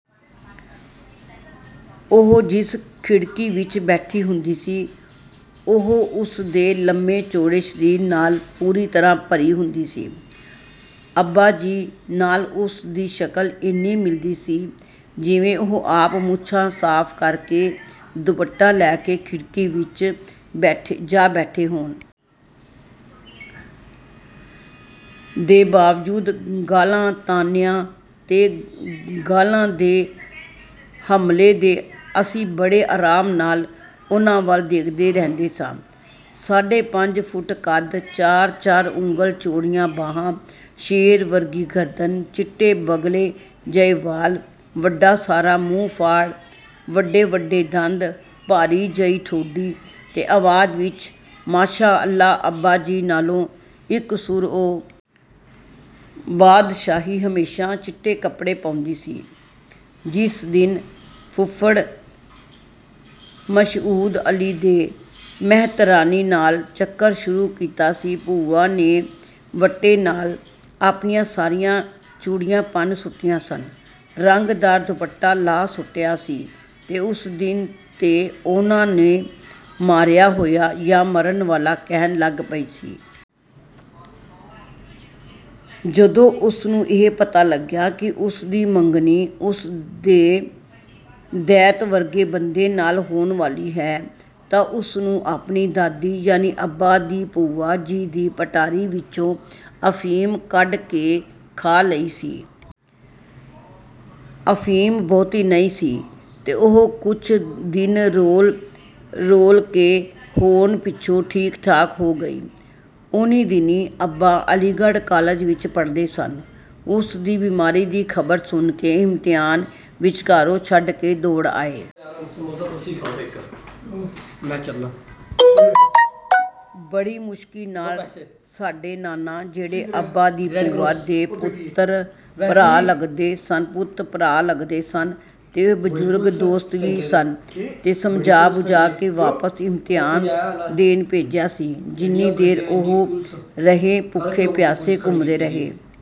ਉਹ ਜਿਸ ਖਿੜਕੀ ਵਿੱਚ ਬੈਠੀ ਹੁੰਦੀ ਸੀ, ਉਹ ਉਸ ਦੇ ਲੰਮੇ-ਚੌੜੇ ਸਰੀਰ ਨਾਲ ਪੂਰੀ ਤਰ੍ਹਾਂ ਭਰੀ ਹੁੰਦੀ ਸੀ। ਅੱਬਾ ਜੀ ਨਾਲ ਉਸ ਦੀ ਸ਼ਕਲ ਇੰਨੀ ਮਿਲਦੀ ਸੀ ਕਿ ਜਿਵੇਂ ਉਹ ਆਪ ਮੁੱਛਾਂ ਸਾਫ਼ ਕਰਵਾ ਕੇ, ਦੁਪੱਟਾ ਲੈ ਕੇ, ਖਿੜਕੀ ਵਿੱਚ ਜਾ ਬੈਠੇ ਹੋਣ। ਦੇ ਬਾਵਜੂਦ ਗਾਲਾਂ, ਤਾਣਿਆਂ ਤੇ ਗਾਲ੍ਹਾਂ ਦੇ ਹਮਲੇ ਦੇ ਅਸੀਂ ਬੜੇ ਆਰਾਮ ਨਾਲ ਉਨ੍ਹਾਂ ਵੱਲ ਦੇਖਦੇ ਰਹਿੰਦੇ ਸਾਂ। ਸਾਢੇ ਪੰਜ ਫੁੱਟ ਕੱਦ, ਚਾਰ-ਚਾਰ ਉਂਗਲ ਚੌੜੀਆਂ ਬਾਹਾਂ, ਸ਼ੇਰ ਵਰਗੀ ਗਰਦਨ, ਚਿੱਟੇ ਬਗਲੇ ਜਿਹੇ ਵਾਲ, ਵੱਡਾ ਸਾਰਾ ਮੂੰਹ-ਫਾੜ, ਵੱਡੇ-ਵੱਡੇ ਦੰਦ, ਭਾਰੀ ਜਿਹੀ ਠੋਡੀ ਤੇ ਆਵਾਜ਼ ਵਿਚ ਮਾਸ਼ਾ ਅੱਲ੍ਹਾ ਅੱਬਾ ਜੀ ਨਾਲੋਂ ਇੱਕ ਸੁਰ ਉੱਚੀ ਹੀ ਹੋਵੇਗੀ। ਭੂਆ ਬਾਦਸ਼ਾਹੀ ਹਮੇਸ਼ਾ ਚਿੱਟੇ ਕੱਪੜੇ ਪਾਉਂਦੀ ਸੀ। ਜਿਸ ਦਿਨ ਫੁੱਫੜ ਮਸਊਦ ਅਲੀ ਦੇ ਮਹਿਤਰਾਣੀ ਨਾਲ ਚੱਕਰ ਸ਼ੁਰੂ ਕੀਤਾ ਸੀ, ਭੂਆ ਨੇ ਵੱਟੇ ਨਾਲ ਆਪਣੀਆਂ ਸਾਰੀਆਂ ਚੂੜੀਆਂ ਭੰਨ ਸੁੱਟੀਆਂ ਸਨ। ਰੰਗਦਾਰ ਦੁਪੱਟਾ ਲਾਹ ਸੁੱਟਿਆ ਸੀ ਤੇ ਉਸ ਦਿਨ ਤੇਂ ਉਹ ਉਨ੍ਹਾਂ ਨੇ ਮਾਰਿਆ ਹੋਇਆ ਜਾਂ 'ਮਰਨ ਵਾਲਾ' ਕਹਿਣ ਲੱਗ ਪਈ ਸੀ। ਜਦੋਂ ਉਸ ਨੂੰ ਇਹ ਪਤਾ ਲੱਗਿਆ ਕਿ ਉਸ ਦੀ ਮੰਗਣੀ ਉਸੇ ਦੈਂਤ ਵਰਗੇ ਬੰਦੇ ਨਾਲ ਹੋਣ ਵਾਲੀ ਹੈ ਤਾਂ ਉਸ ਨੂੰ ਆਪਣੀ ਦਾਦੀ ਯਾਨੀ ਅੱਬਾ ਦੀ ਭੂਆ ਜੀ ਦੀ ਪਟਾਰੀ ਵਿੱਚੋਂ ਅਫ਼ੀਮ ਕੱਢ ਕੇ ਖਾ ਲਈ ਸੀ। ਅਫ਼ੀਮ ਬਹੁਤੀ ਨਹੀਂ ਸੀ ਸੋ ਉਹ ਕੁਝ ਦਿਨ ਰੋਲ-ਰੋਲ ਕੇ ਹੋਣ ਪਿੱਛੋਂ ਠੀਕ-ਠਾਕ ਹੋ ਗਈ ਸੀ। ਉਹਨੀਂ ਦਿਨੀਂ ਅੱਬਾ ਅਲੀਗੜ੍ਹ ਕਾਲਜ ਵਿੱਚ ਪੜ੍ਹਦੇ ਸਨ। ਉਸਦੀ ਬਿਮਾਰੀ ਦੀ ਖ਼ਬਰ ਸੁਣ ਕੇ ਇਮਤਿਹਾਨ ਵਿਚਕਾਰੋਂ ਛੱਡ ਕੇ ਦੌੜ ਆਏ। ਬੜੀ ਮੁਸ਼ਕਿਲ ਨਾਲ ਸਾਡੇ ਨਾਨਾ, ਜਿਹੜੇ ਅੱਬਾ ਦੀ ਭੂਆ ਦੇ ਪੁੱਤ-ਭਰਾ ਲੱਗਦੇ ਸਨ ਤੇ ਬਜ਼ੁਰਗ ਦੋਸਤ ਵੀ ਸਨ, ਨੇ ਸਮਝਾ-ਬੁਝਾ ਕੇ ਵਾਪਸ ਇਮਤਿਹਾਨ ਦੇਣ ਭੇਜਿਆ ਸੀ। ਜਿੰਨੀ ਦੇਰ ਉਹ ਰਹੇ, ਭੁੱਖੇ ਪਿਆਸੇ ਘੁੰਮਦੇ ਰਹੇ।